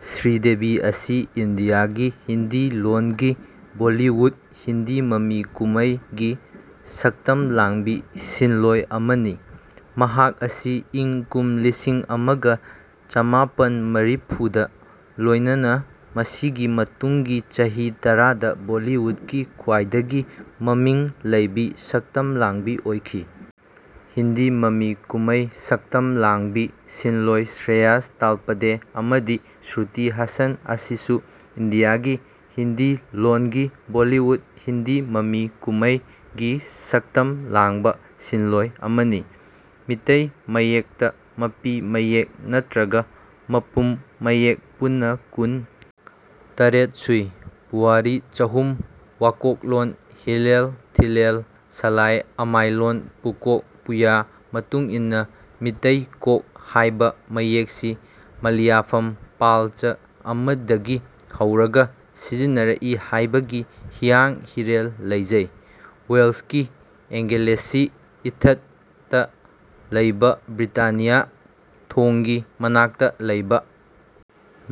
ꯁ꯭ꯔꯤꯗꯦꯚꯤ ꯑꯁꯤ ꯏꯟꯗꯤꯌꯥꯒꯤ ꯍꯤꯟꯗꯤ ꯂꯣꯟꯒꯤ ꯕꯣꯜꯂꯤꯋꯨꯗ (ꯍꯤꯟꯗꯤ ꯃꯃꯤ ꯀꯨꯝꯃꯩ)ꯒꯤ ꯁꯛꯇꯝ ꯂꯥꯡꯕꯤ ꯁꯤꯟꯂꯣꯢ ꯑꯃꯅꯤ꯫ ꯃꯍꯥꯛ ꯑꯁꯤ ꯏꯪ ꯀꯨꯝ ꯂꯤꯁꯤꯡ ꯑꯃꯒ ꯆꯃꯥꯄꯟ ꯃꯔꯤꯐꯨꯗ ꯂꯣꯢꯅꯅ ꯃꯁꯤꯒꯤ ꯃꯇꯨꯡꯒꯤ ꯆꯍꯤ ꯇꯔꯥꯗ ꯕꯣꯜꯂꯤꯋꯨꯗꯀꯤ ꯈ꯭ꯋꯥꯢꯗꯒꯤ ꯃꯃꯤꯡ ꯂꯩꯕꯤ ꯁꯛꯇꯝ ꯂꯥꯡꯕꯤ ꯑꯣꯢꯈꯤ꯫ ꯍꯤꯟꯗꯤ ꯃꯃꯤ ꯀꯨꯝꯃꯩ ꯁꯛꯇꯝ ꯂꯥꯡꯕꯤ ꯁꯤꯟꯂꯣꯢ ꯁ꯭ꯔꯦꯌꯥꯁ ꯇꯥꯜꯄꯥꯗꯦ ꯑꯃꯗꯤ ꯁ꯭ꯔꯨꯇꯤ ꯍꯥꯁꯟ ꯑꯁꯤꯁꯨ ꯏꯟꯗꯤꯌꯥꯒꯤ ꯍꯤꯟꯗꯤ ꯂꯣꯟꯒꯤ ꯕꯣꯜꯂꯤꯋꯨꯗ (ꯍꯤꯟꯗꯤ ꯃꯃꯤ ꯀꯨꯝꯃꯩ)ꯒꯤ ꯁꯛꯇꯝ ꯂꯥꯡꯕ ꯁꯤꯟꯂꯣꯢ ꯑꯃꯅꯤ꯫ ꯃꯤꯇꯩ ꯃꯌꯦꯛꯇ ꯃꯄꯤ ꯃꯌꯦꯛ ꯅꯠꯇ꯭ꯔꯒ ꯃꯄꯨꯝ ꯃꯌꯦꯛ ꯄꯨꯟꯅ ꯀꯨꯟ - ꯇꯔꯦꯠ ꯁꯨꯏ꯫ ꯄꯨꯋꯥꯔꯤ ꯆꯍꯨꯝ ꯋꯥꯀꯣꯛꯂꯣꯟ ꯍꯤꯂꯦꯜ ꯊꯤꯂꯦꯜ ꯁꯂꯥꯏ ꯑꯃꯥꯏꯂꯣꯟ ꯄꯨꯀꯣꯛ ꯄꯨꯌꯥ ꯃꯇꯨꯡꯏꯟꯅ ꯃꯤꯇꯩ ꯀꯣꯛ ꯍꯥꯏꯕ ꯃꯌꯦꯛꯁꯤ ꯃꯂꯤꯌꯥꯐꯝ ꯄꯥꯜꯆ ꯑꯃꯗꯒꯤ ꯍꯧꯔꯒ ꯁꯤꯖꯤꯟꯅꯔꯛꯏ ꯍꯥꯏꯕꯒꯤ ꯍꯤꯌꯥꯡ ꯍꯤꯔꯦꯜ ꯂꯩꯖꯩ꯫ ꯋꯦꯜꯁꯀꯤ "ꯑꯦꯡꯒꯦꯂꯦꯁꯤ ꯏꯊꯠ"ꯇ ꯂꯩꯕ ꯕ꯭ꯔꯤꯇꯥꯅꯤꯌꯥ ꯊꯣꯡꯒꯤ ꯃꯅꯥꯛꯇ ꯂꯩꯕ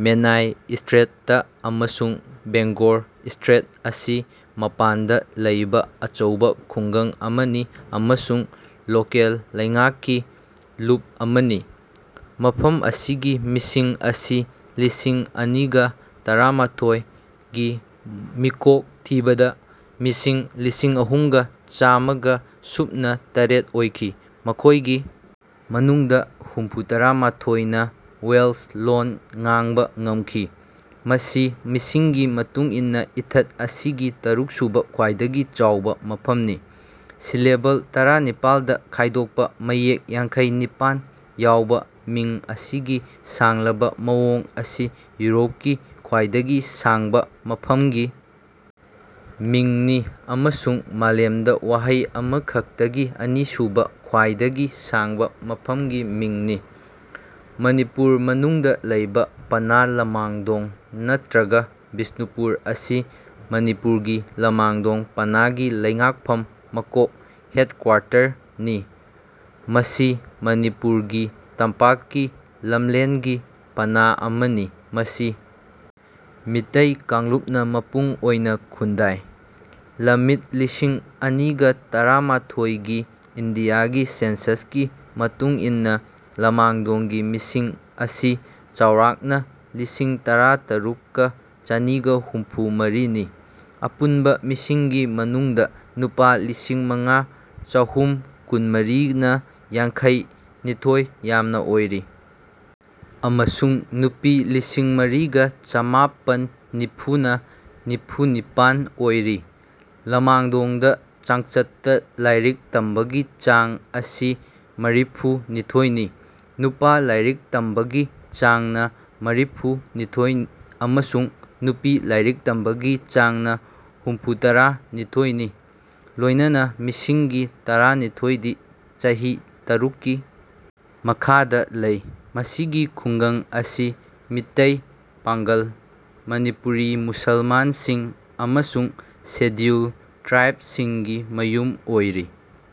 "ꯃꯦꯅꯥꯏ ꯁ꯭ꯇ꯭ꯔꯦꯠ"ꯇ ꯑꯃꯁꯨꯡ "ꯕꯦꯡꯒꯣꯔ ꯁ꯭ꯇ꯭ꯔꯦꯠ" ꯑꯁꯤ ꯃꯄꯥꯟꯗ ꯂꯩꯕ ꯑꯆꯧꯕ ꯈꯨꯡꯒꯪ ꯑꯃꯅꯤ ꯑꯃꯁꯨꯡ ꯂꯣꯀꯦꯜ ꯂꯩꯉꯥꯛꯀꯤ ꯂꯨꯞ ꯑꯃꯅꯤ꯫ ꯃꯐꯝ ꯑꯁꯤꯒꯤ ꯃꯤꯁꯤꯡ ꯑꯁꯤ ꯂꯤꯁꯤꯡ ꯑꯅꯤꯒ ꯇꯔꯥꯃꯥꯊꯣꯏ ꯒꯤ ꯃꯤꯀꯣꯛ ꯊꯤꯕꯗ ꯃꯤꯁꯤꯡ ꯂꯤꯁꯤꯡꯑꯍꯨꯝꯒ ꯆꯥꯃꯒ ꯁꯨꯞꯅ ꯇꯔꯦꯠ ꯑꯣꯏꯈꯤ꯫ ꯃꯈꯣꯢꯒꯤ ꯃꯅꯨꯡꯗ ꯍꯨꯝꯐꯨꯇꯔꯥ ꯃꯥꯊꯣꯏꯅ ꯋꯦꯜꯁ ꯂꯣꯟ ꯉꯥꯡꯕ ꯉꯝꯈꯤ꯫ ꯃꯁꯤ ꯃꯤꯁꯤꯡꯒꯤ ꯃꯇꯨꯡ ꯏꯟꯅ ꯏꯊꯠ ꯑꯁꯤꯒꯤ ꯇꯔꯨꯛꯁꯨꯕ ꯈ꯭ꯋꯥꯢꯗꯒꯤ ꯆꯥꯎꯕ ꯃꯐꯝꯅꯤ꯫ ꯁꯤꯂꯦꯕꯜ ꯇꯔꯥꯅꯤꯄꯥꯜꯗ ꯈꯥꯏꯗꯣꯛꯄ ꯃꯌꯦꯛ ꯌꯥꯡꯈꯩ ꯅꯤꯄꯥꯟ ꯌꯥꯎꯕ ꯃꯤꯡ ꯑꯁꯤꯒꯤ ꯁꯥꯡꯂꯕ ꯃꯑꯣꯡ ꯑꯁꯤ ꯌꯨꯔꯣꯞꯀꯤ ꯈ꯭ꯋꯥꯏꯗꯒꯤ ꯁꯥꯡꯕ "ꯃꯐꯝꯒꯤ ꯃꯤꯡ"ꯅꯤ ꯑꯃꯁꯨꯡ ꯃꯥꯂꯦꯝꯗ ꯋꯥꯍꯩ ꯑꯃꯈꯛꯇꯒꯤ ꯑꯅꯤꯁꯨꯕ ꯈ꯭ꯋꯥꯏꯗꯒꯤ ꯁꯥꯡꯕ "ꯃꯐꯝꯒꯤ ꯃꯤꯡ"ꯅꯤ꯫ ꯃꯅꯤꯄꯨꯔ ꯃꯅꯨꯡꯗ ꯂꯩꯕ ꯄꯅꯥ ꯂꯃꯥꯡꯗꯣꯡ ꯅꯠꯇ꯭ꯔꯒ ꯕꯤꯁ꯭ꯅꯨꯄꯨꯔ ꯑꯁꯤ ꯃꯅꯤꯄꯨꯔꯒꯤ ꯂꯃꯥꯡꯗꯣꯡ ꯄꯅꯥꯒꯤ ꯂꯩꯉꯥꯛꯐꯝ ꯃꯀꯣꯛ (ꯍꯦꯗꯀ꯭ꯋꯥꯔꯇꯔ) ꯅꯤ꯫ ꯃꯁꯤ ꯃꯅꯤꯄꯨꯔ ꯒꯤ ꯇꯝꯄꯥꯛꯀꯤ ꯂꯝꯂꯦꯟꯒꯤ ꯄꯅꯥ ꯑꯃꯅꯤ꯫ ꯃꯁꯤ ꯃꯤꯇꯩ ꯀꯥꯡꯂꯨꯞꯅ ꯃꯄꯨꯡ ꯑꯣꯢꯅ ꯈꯨꯟꯗꯥꯏ꯫ ꯂꯝꯃꯤꯠ ꯂꯤꯁꯤꯡ ꯑꯅꯤꯒ ꯇꯔꯥꯃꯥꯊꯣꯏꯒꯤ ꯏꯟꯗꯤꯌꯥꯒꯤ ꯁꯦꯟꯁꯁꯀꯤ ꯃꯇꯨꯡ ꯏꯟꯅ ꯂꯃꯥꯡꯗꯣꯡꯒꯤ ꯃꯤꯁꯤꯡ ꯑꯁꯤ ꯆꯥꯎꯔꯥꯛꯅ ꯂꯤꯁꯤꯡ ꯇꯔꯥꯇꯔꯨꯛꯀ ꯆꯅꯤꯒ ꯍꯨꯝꯐꯨ ꯃꯔꯤꯅꯤ꯫ ꯑꯄꯨꯟꯕ ꯃꯤꯁꯤꯡꯒꯤ ꯃꯅꯨꯡꯗ ꯅꯨꯄꯥ ꯂꯤꯁꯤꯡꯃꯉꯥ ꯆꯍꯨꯝ ꯀꯨꯟꯃꯔꯤꯅ ꯌꯥꯡꯈꯩ ꯅꯤꯊꯣꯢ ꯌꯥꯝꯅ ꯑꯣꯏꯔꯤ ꯑꯃꯁꯨꯡ ꯅꯨꯄꯤ ꯂꯤꯁꯤꯡꯃꯔꯤꯒ ꯆꯃꯥꯄꯟ ꯅꯤꯐꯨꯅ ꯅꯤꯐꯨꯅꯤꯄꯥꯟ ꯑꯣꯏꯔꯤ꯫ ꯂꯃꯥꯡꯗꯣꯡꯗ ꯆꯥꯡꯆꯠꯇ ꯂꯥꯏꯔꯤꯛ ꯇꯝꯕꯒꯤ ꯆꯥꯡ ꯑꯁꯤ ꯃꯔꯤꯐꯨ ꯅꯤꯊꯣꯏꯅꯤ꯫ ꯅꯨꯄꯥ ꯂꯥꯏꯔꯤꯛ ꯇꯝꯕꯒꯤ ꯆꯥꯡꯅ ꯃꯔꯤꯐꯨ ꯅꯤꯊꯣꯏ ꯑꯃꯁꯨꯡ ꯅꯨꯄꯤ ꯂꯥꯏꯔꯤꯛ ꯇꯝꯕꯒꯤ ꯆꯥꯡꯅ ꯍꯨꯝꯐꯨꯇꯔꯥ ꯅꯤꯊꯣꯏꯅꯤ ꯂꯣꯏꯅꯅ ꯃꯤꯁꯤꯡꯒꯤ ꯇꯔꯥꯅꯤꯊꯣꯏꯗꯤ ꯆꯍꯤ ꯇꯔꯨꯛꯀꯤ ꯃꯈꯥꯗꯥ ꯂꯩ꯫ ꯃꯁꯤꯒꯤ ꯈꯨꯡꯒꯪ ꯑꯁꯤ ꯃꯤꯇꯩ, ꯄꯥꯡꯒꯜ (ꯃꯅꯤꯄꯨꯔꯤ ꯃꯨꯁꯜꯃꯥꯟꯁꯤꯡ) ꯑꯃꯁꯨꯡ ꯁꯦꯗ꯭ꯌꯨꯜ ꯇ꯭ꯔꯥꯏꯕꯁꯤꯡꯒꯤ ꯃꯌꯨꯝ ꯑꯣꯏꯔꯤ꯫